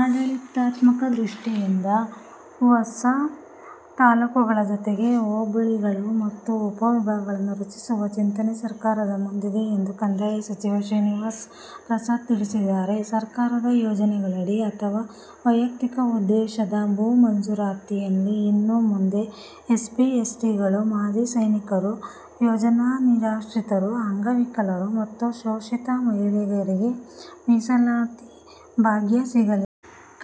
ಆಡಳಿತಾತ್ಮಕ ದೃಷ್ಟಿಯಿಂದ ಹೊಸ ತಾಲೂಕಗಳ ಜೊತೆಗೆ ಹೋಬಳಿಗಳು ಮತ್ತು ಉಪ ವಿಭಾಗಗಳನ್ನು ರಚಿಸುವ ಚಿಂತನೆ ಸರ್ಕಾರದ ಮುಂದಿದೆ ಎಂದು ಕಂದಾಯ ಸಚಿವ ವಿ. ಶ್ರೀನಿವಾಸ ಪ್ರಸಾದ್ ತಿಳಿಸಿದ್ದಾರೆ. ಸರ್ಕಾರದ ಯೋಜನೆಗಳಡಿ ಅಥವಾ ವೈಯಕ್ತಿಕ ಉದ್ದೇಶದ ಭೂ ಮಂಜೂರಾತಿಯಲ್ಲಿ ಇನ್ನು ಮುಂದೆ ಎಸ್ಸಿ, ಎಸ್ಟಿಗಳು, ಮಾಜಿ ಸೈನಿಕರು, ಯೋಜನಾ ನಿರಾಶ್ರಿತರು, ಅಂಗವಿಕಲರು ಮತ್ತು ಶೋಷಿತ ಮಹಿಳೆಯರಿಗೆ "ಮೀಸಲಾತಿ ಭಾಗ್ಯ' ಸಿಗಲಿದೆ.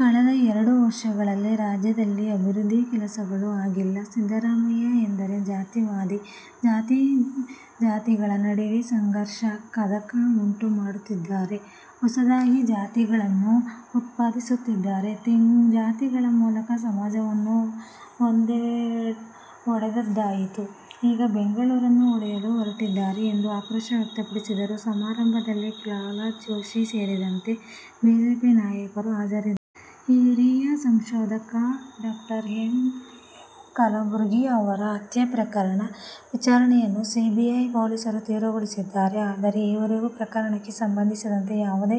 ಕಳೆದ ಎರಡು ವರ್ಷಗಳಲ್ಲಿ ರಾಜ್ಯದಲ್ಲಿ ಅಭಿವೃದ್ಧಿ ಕೆಲಸಗಳು ಆಗಿಲ್ಲ. ಸಿದ್ದರಾಮಯ್ಯ ಎಂದರೆ ಜಾತಿವಾದಿ. ಜಾತಿ ಜಾತಿಗಳ ನಡುವೆ ಸಂಘರ್ಷ, ಕಂದಕ ಉಂಟು ಮಾಡುತ್ತಿದ್ದಾರೆ. ಹೊಸದಾಗಿ ಜಾತಿಗಳನ್ನು ಉತ್ಪಾದಿಸುತ್ತಿದ್ದಾರೆ. ಜಾತಿಗಳ ಮೂಲಕ ಸಮಾಜವನ್ನು ಒಡೆದದ್ದಾಯಿತು. ಈಗ ಬೆಂಗಳೂರನ್ನು ಒಡೆಯಲು ಹೊರಟಿದ್ದಾರೆ ಎಂದು ಆಕ್ರೋಶ ವ್ಯಕ್ತಪಡಿಸಿದರು. ಸಮಾರಂಭದಲ್ಲಿ ಪ್ರಹ್ಲಾದ್ ಜೋಶಿ ಸೇರಿದಂತೆ ಬಿಜೆಪಿ ನಾಯಕರು ಹಾಜರಿದ್ದರು. ಹಿರಿಯ ಸಂಶೋಧಕ ಡಾ ಎಂ. ಎಂ. ಕಲಬುರ್ಗಿ ಅವರ ಹತ್ಯೆ ಪ್ರಕರಣದ ವಿಚಾರಣೆಯನ್ನು ಸಿಐಡಿ ಪೊಲೀಸರು ತೀವ್ರಗೊಳಿಸಿದ್ದಾರೆ. ಆದರೆ, ಈವರೆಗೂ ಪ್ರಕರಣಕ್ಕೆ ಸಂಬಂಧಿಸಿದಂತೆ ಯಾವುದೇ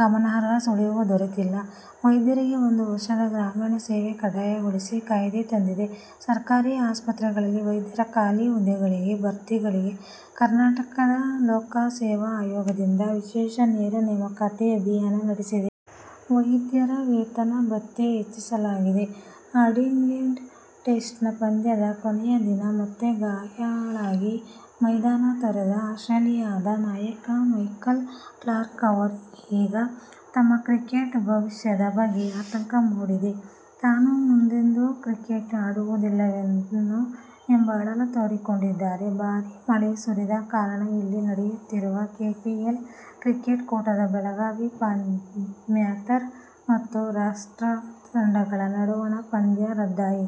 ಗಮನಾರ್ಹ ಸುಳಿವು ದೊರೆತಿಲ್ಲ. ವೈದ್ಯರಿಗೆ ಒಂದು ವರ್ಷದ ಗ್ರಾಮೀಣ ಸೇವೆ ಕಡ್ಡಾಯಗೊಳಿಸಿ ಕಾಯ್ದೆ ತಂದಿದೆ. ಸರ್ಕಾರಿ ಆಸ್ಪತ್ರೆಗಳಲ್ಲಿ ವೈದ್ಯರ ಖಾಲಿ ಹುದ್ದೆಗಳ ಭರ್ತಿಗೆ ಕರ್ನಾಟಕ ಲೋಕಸೇವಾ ಆಯೋಗದಿಂದ ವಿಶೇಷ ನೇರ ನೇಮಕಾತಿ ಅಭಿಯಾನ ನಡೆಸಿದೆ. ವೈದ್ಯರ ವೇತನ-ಭತ್ಯೆ ಹೆಚ್ಚಿಸಲಾಗಿದೆ. ಅಡಿಲೇಡ್ ಟೆಸ್ಟ್ ಪಂದ್ಯದ ಕೊನೆಯ ದಿನ ಮತ್ತೆ ಗಾಯಾಳಾಗಿ ಮೈದಾನ ತೊರೆದ ಆಸ್ಟ್ರೇಲಿಯದ ನಾಯಕ ಮೈಕಲ್ ಕ್ಲಾರ್ಕ್ ಅವರಿಗೀಗ ತಮ್ಮ ಕ್ರಿಕೆಟ್ ಭವಿಷ್ಯದ ಬಗ್ಗೆ ಆತಂಕ ಮೂಡಿದೆ. ತಾನು ಮುಂದೆಂದೂ ಕ್ರಿಕೆಟ್ ಆಡುವುದಿಲ್ಲವೇನೋ ಎಂಬ ಅಳಲು ತೋಡಿಕೊಂಡಿದ್ದಾರೆ. ಭಾರೀ ಮಳೆ ಸುರಿದ ಕಾರಣ ಇಲ್ಲಿ ನಡೆಯುತ್ತಿರುವ ಕೆಪಿಎಲ್ ಕ್ರಿಕೆಟ್ ಕೂಟದ ಬೆಳಗಾವಿ ಪ್ಯಾಂಥರ್ ಮತ್ತು ರಾಕ್ಸ್ಟಾರ್ ತಂಡಗಳ ನಡುವಣ ಪಂದ್ಯ ರದ್ದಾಯಿತು.